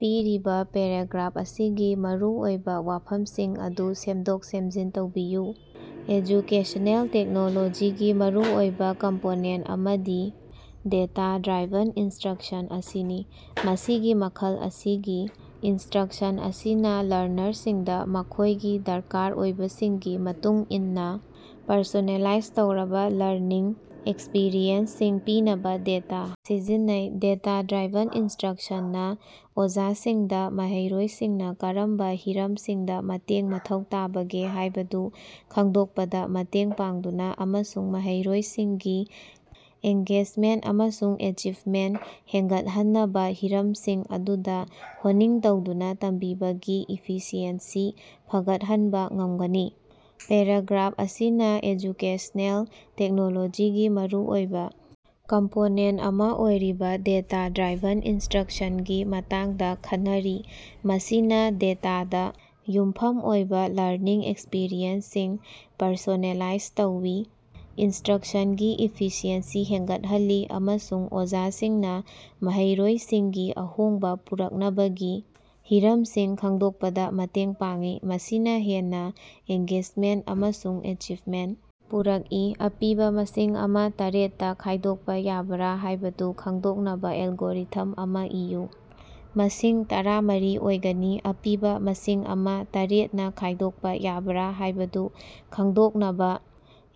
ꯄꯤꯔꯤꯕ ꯄꯦꯔꯥꯒ꯭ꯔꯥꯐ ꯑꯁꯤꯒꯤ ꯃꯔꯨꯑꯣꯏꯕ ꯋꯥꯐꯝꯁꯤꯡ ꯑꯗꯨ ꯁꯦꯝꯗꯣꯛ-ꯁꯦꯝꯖꯤꯟ ꯇꯧꯕꯤꯌꯨ꯫ ꯑꯦꯖꯨꯀꯦꯁꯅꯦꯜ ꯇꯦꯛꯅꯣꯂꯣꯖꯤꯒꯤ ꯃꯔꯨꯑꯣꯏꯕ ꯀꯝꯄꯣꯅꯦꯟꯇ ꯑꯃꯗꯤ ꯗꯦꯇꯥ-ꯗ꯭ꯔꯥꯏꯚꯟ ꯏꯟꯁꯇ꯭ꯔꯛꯁꯟ ꯑꯁꯤꯅꯤ꯫ ꯃꯁꯤꯒꯤ ꯃꯈꯜ ꯑꯁꯤꯒꯤ ꯏꯅꯁꯇ꯭ꯔꯛꯁꯟ ꯑꯁꯤꯅ ꯂꯔꯅꯔꯁꯤꯡꯗ ꯃꯈꯣꯏꯒꯤ ꯗꯔꯀꯥꯔ ꯑꯣꯏꯕꯁꯤꯡꯒꯤ ꯃꯇꯨꯡ ꯏꯟꯅ ꯄꯔꯁꯣꯅꯦꯂꯥꯏꯖ ꯇꯧꯔꯕ ꯂꯔꯅꯤꯡ ꯑꯦꯛꯁꯄꯤꯔꯤꯑꯦꯟꯁꯁꯤꯡ ꯄꯤꯅꯕ ꯗꯦꯇꯥ ꯁꯤꯖꯤꯟꯅꯩ꯫ ꯗꯦꯇꯥ-ꯗ꯭ꯔꯥꯏꯚꯟ ꯏꯟꯁꯇ꯭ꯔꯛꯁꯟꯅ ꯑꯣꯖꯥꯁꯤꯡꯗ ꯃꯍꯩꯔꯣꯏꯁꯤꯡꯅ ꯀꯔꯝꯕ ꯍꯤꯔꯝꯁꯤꯡꯗ ꯃꯇꯦꯡ ꯃꯊꯧ ꯇꯥꯕꯒꯦ ꯍꯥꯏꯕꯗꯨ ꯈꯪꯗꯣꯛꯄꯗ ꯃꯇꯦꯡ ꯄꯥꯡꯗꯨꯅ ꯑꯃꯁꯨꯡ ꯃꯍꯩꯔꯣꯏꯁꯤꯡꯒꯤ ꯑꯦꯡꯒꯦꯖꯃꯦꯟꯇ ꯑꯃꯁꯨꯡ ꯑꯦꯆꯤꯕꯃꯦꯟꯇ ꯍꯦꯟꯒꯠꯍꯟꯅꯕ ꯍꯤꯔꯝꯁꯤꯡ ꯑꯗꯨꯗ ꯍꯣꯅꯤꯡ ꯇꯧꯗꯨꯅ ꯇꯝꯕꯤꯕꯒꯤ ꯏꯐꯤꯁꯤꯑꯦꯟꯁꯤ ꯐꯒꯠꯍꯟꯕ ꯉꯝꯒꯅꯤ꯫ ꯄꯦꯔꯥꯒ꯭ꯔꯥꯐ ꯑꯁꯤꯅ ꯑꯦꯖꯨꯀꯦꯁ꯭ꯅꯦꯜ ꯇꯦꯛꯅꯣꯂꯣꯖꯤꯒꯤ ꯃꯔꯨꯑꯣꯏꯕ ꯀꯝꯄꯣꯅꯦꯟꯇ ꯑꯃ ꯑꯣꯏꯔꯤꯕ ꯗꯦꯇꯥ-ꯗ꯭ꯔꯥꯏꯚꯟ ꯏꯟꯁꯠꯔꯛꯁꯟ ꯒꯤ ꯃꯇꯥꯡꯗ ꯈꯟꯅꯔꯤ, ꯃꯁꯤꯅ ꯗꯦꯇꯥꯗ ꯌꯨꯝꯐꯝ ꯑꯣꯏꯕ ꯂꯔꯅꯤꯡ ꯑꯦꯛꯁꯄꯤꯔꯤꯑꯦꯟꯁꯁꯤꯡ ꯄꯔꯁꯣꯅꯦꯂꯥꯏꯖ ꯇꯧꯏ, ꯏꯟꯁꯇ꯭ꯔꯛꯁꯟꯒꯤ ꯏꯐꯤꯁꯤꯑꯦꯟꯁꯤ ꯍꯦꯟꯒꯠꯍꯜꯂꯤ, ꯑꯃꯁꯨꯡ ꯑꯣꯖꯥꯁꯤꯡꯅ ꯃꯍꯩꯔꯣꯏꯁꯤꯡꯒꯤ ꯑꯍꯣꯡꯕ ꯄꯨꯔꯛꯅꯕꯒꯤ ꯍꯤꯔꯝꯁꯤꯡ ꯈꯪꯗꯣꯛꯄꯗ ꯃꯇꯦꯡ ꯄꯥꯡꯏ, ꯃꯁꯤꯅ ꯍꯦꯟꯅ ꯑꯦꯡꯒꯦꯖꯃꯦꯟꯇ ꯑꯃꯁꯨꯡ ꯑꯦꯆꯤꯕꯃꯦꯟꯇ ꯄꯨꯔꯛꯏ꯫ ꯑꯄꯤꯕ ꯃꯁꯤꯡ ꯑꯃ ꯇꯔꯦꯠꯇ‌ꯥ ꯈꯥꯏꯗꯣꯛꯄ ꯌꯥꯕ꯭ꯔꯥ ꯍꯥꯏꯕꯗꯨ ꯈꯉꯗꯣꯛꯅꯕ ꯑꯦꯜꯒꯣꯔꯤꯊꯝ ꯑꯃ ꯏꯌꯨ꯫ ꯃꯁꯤꯡ ꯇꯔꯥꯃꯔꯤ ꯑꯣꯏꯒꯅꯤ, ꯑꯄꯤꯕ ꯃꯁꯤꯡ ꯑꯃ ꯇꯔꯦꯠꯅꯥ ꯈꯥꯏꯗꯣꯛꯄ ꯌꯥꯕ꯭ꯔꯥ ꯍꯥꯏꯕꯗꯨ ꯈꯪꯗꯣꯛꯅꯕ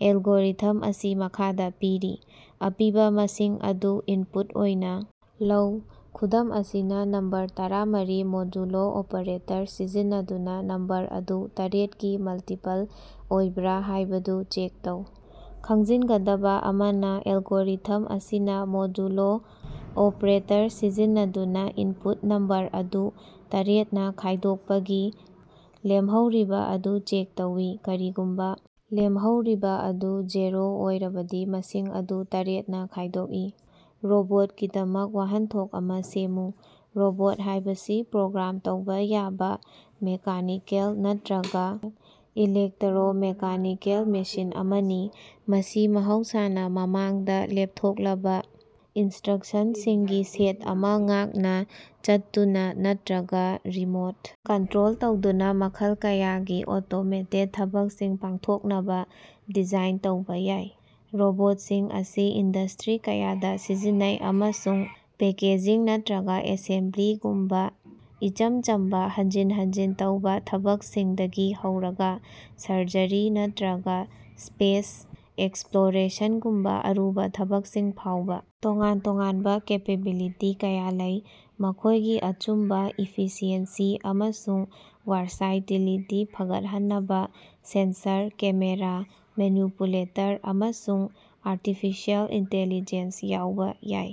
ꯑꯦꯜꯒꯣꯔꯤꯊꯝ ꯑꯁꯤ ꯃꯈꯥꯗ ꯄꯤꯔꯤ - ꯑꯄꯤꯕ ꯃꯁꯤꯡ ꯑꯗꯨ ꯏꯟꯄꯨꯠ ꯑꯣꯏꯅ ꯂꯧ꯫ ꯈꯨꯗꯝ ꯑꯁꯤꯗ, ꯅꯝꯕꯔ ꯇꯔꯥꯃꯔꯤ ꯃꯣꯗꯨꯂꯣ ꯑꯣꯄ꯭ꯔꯦꯇꯔ ꯁꯤꯖꯤꯟꯅꯗꯨꯅ ꯅꯝꯕꯔ ꯑꯗꯨ ꯇꯔꯦꯠꯀꯤ ꯃꯜꯇꯤꯄꯜ ꯑꯣꯏꯕ꯭ꯔꯥ ꯍꯥꯏꯕꯗꯨ ꯆꯦꯛ ꯇꯧ꯫ ꯈꯪꯖꯤꯟꯒꯗꯕ ꯑꯃꯅ, ꯑꯦꯜꯒꯣꯔꯤꯊꯝ ꯑꯁꯤꯅ ꯃꯣꯗꯨꯂꯣ ꯑꯣꯄ꯭ꯔꯦꯇꯔ ꯁꯤꯖꯤꯟꯅꯗꯨꯅ ꯏꯟꯄꯨꯠ ꯅꯝꯕꯔ ꯑꯗꯨ ꯇꯔꯦꯠꯅꯥ ꯈꯥꯏꯗꯣꯛꯄꯒꯤ ꯂꯦꯝꯍꯧꯔꯤꯕ ꯑꯗꯨ ꯆꯦꯛ ꯇꯧꯏ꯫ ꯀꯔꯤꯒꯨꯝꯕ ꯂꯦꯝꯍꯧꯔꯤꯕ ꯑꯗꯨ ꯖꯦꯔꯣ ꯑꯣꯏꯔꯕꯗꯤ, ꯃꯁꯤꯡ ꯑꯗꯨ ꯇꯔꯦꯠꯅꯥ ꯈꯥꯏꯗꯣꯛꯏ꯫ ꯔꯣꯕꯣꯠꯀꯤꯗꯃꯛ ꯋꯥꯍꯟꯊꯣꯛ ꯑꯃ‌ ꯁꯦꯝꯃꯨ꯫ ꯔꯣꯕꯣꯠ ꯍꯥꯏꯕꯁꯤ ꯄ꯭ꯔꯣꯒ꯭ꯔꯥꯝ ꯇꯧꯕ ꯌꯥꯕ ꯃꯦꯀꯥꯅꯤꯀꯦꯜ ꯅꯠꯇꯔꯒ ꯏꯂꯦꯛꯇꯔꯣ-ꯃꯦꯀꯥꯅꯤꯀꯦꯜ ꯃꯦꯁꯤꯟ ꯑꯃꯅꯤ, ꯃꯁꯤ ꯃꯍꯧꯁꯥꯅ ꯃꯃꯥꯡꯗ ꯂꯦꯞꯊꯣꯛꯂꯕ ꯏꯟꯁꯇ꯭ꯔꯛꯁꯁꯤꯡꯒꯤ ꯁꯦꯠ ꯑꯃ ꯉꯥꯛꯅ ꯆꯠꯇꯨꯅ ꯅꯠꯇꯔꯒ ꯔꯤꯃꯣꯠ ꯀꯟꯇꯔꯣꯜ ꯇꯧꯗꯨꯅ ꯃꯈꯜ ꯀꯌꯥꯒꯤ ꯑꯣꯇꯣꯃꯦꯇꯦꯗ ꯊꯕꯛꯁꯤꯡ ꯄꯥꯡꯊꯣꯛꯅꯕ ꯗꯤꯖꯥꯏꯟ ꯇꯧꯕ ꯌꯥꯏ꯫ ꯔꯣꯕꯣꯠꯁꯤꯡ ꯑꯁꯤ ꯏꯟꯗ꯭ꯁꯇꯔꯤ ꯀꯌꯥꯗ ꯁꯤꯖꯤꯟꯅꯩ ꯑꯃꯁꯨꯡ ꯄꯦꯀꯦꯖꯤꯡ ꯅꯠꯇꯔꯒ ꯑꯦꯁꯦꯝꯕ꯭ꯂꯤꯒꯨꯝꯕ ꯏꯆꯝ ꯆꯝꯕ ꯍꯟꯖꯤꯟ ꯍꯟꯖꯤꯟ ꯇꯧꯕ ꯊꯕꯛꯁꯤꯡꯗꯒꯤ ꯍꯧꯔꯒ ꯁꯔꯖꯔꯤ ꯅꯠꯇꯔꯒ ꯁ꯭ꯄꯦꯁ ꯑꯦꯛꯁꯄ꯭ꯂꯣꯔꯦꯁꯟꯒꯨꯝꯕ ꯑꯔꯨꯕ ꯊꯕꯛꯁꯤꯡ ꯐꯥꯎꯕ ꯇꯣꯉꯥꯟ ꯇꯣꯉꯥꯟꯕ ꯀꯦꯄꯦꯕꯤꯂꯤꯇꯤ ꯀꯌꯥ ꯂꯩ꯫ ꯃꯈꯣꯏꯒꯤ ꯑꯆꯨꯝꯕ, ꯏꯐꯤꯁꯤꯑꯦꯟꯁꯤ ꯑꯃꯁꯨꯡ ꯋꯥꯔꯁꯥꯏꯇꯤꯂꯤꯇꯤ ꯐꯒꯠꯍꯟꯅꯕ ꯁꯦꯟꯁꯔ, ꯀꯦꯃꯦꯔꯥ, ꯃꯦꯅꯤꯄꯨꯂꯦꯇꯔ, ꯑꯃꯁꯨꯡ ꯑꯥꯔꯇꯤꯐꯤꯁꯤꯑꯦꯜ ꯏꯟꯇꯤꯂꯤꯖꯦꯟꯁ ꯌꯥꯎꯕ ꯌꯥꯏ꯫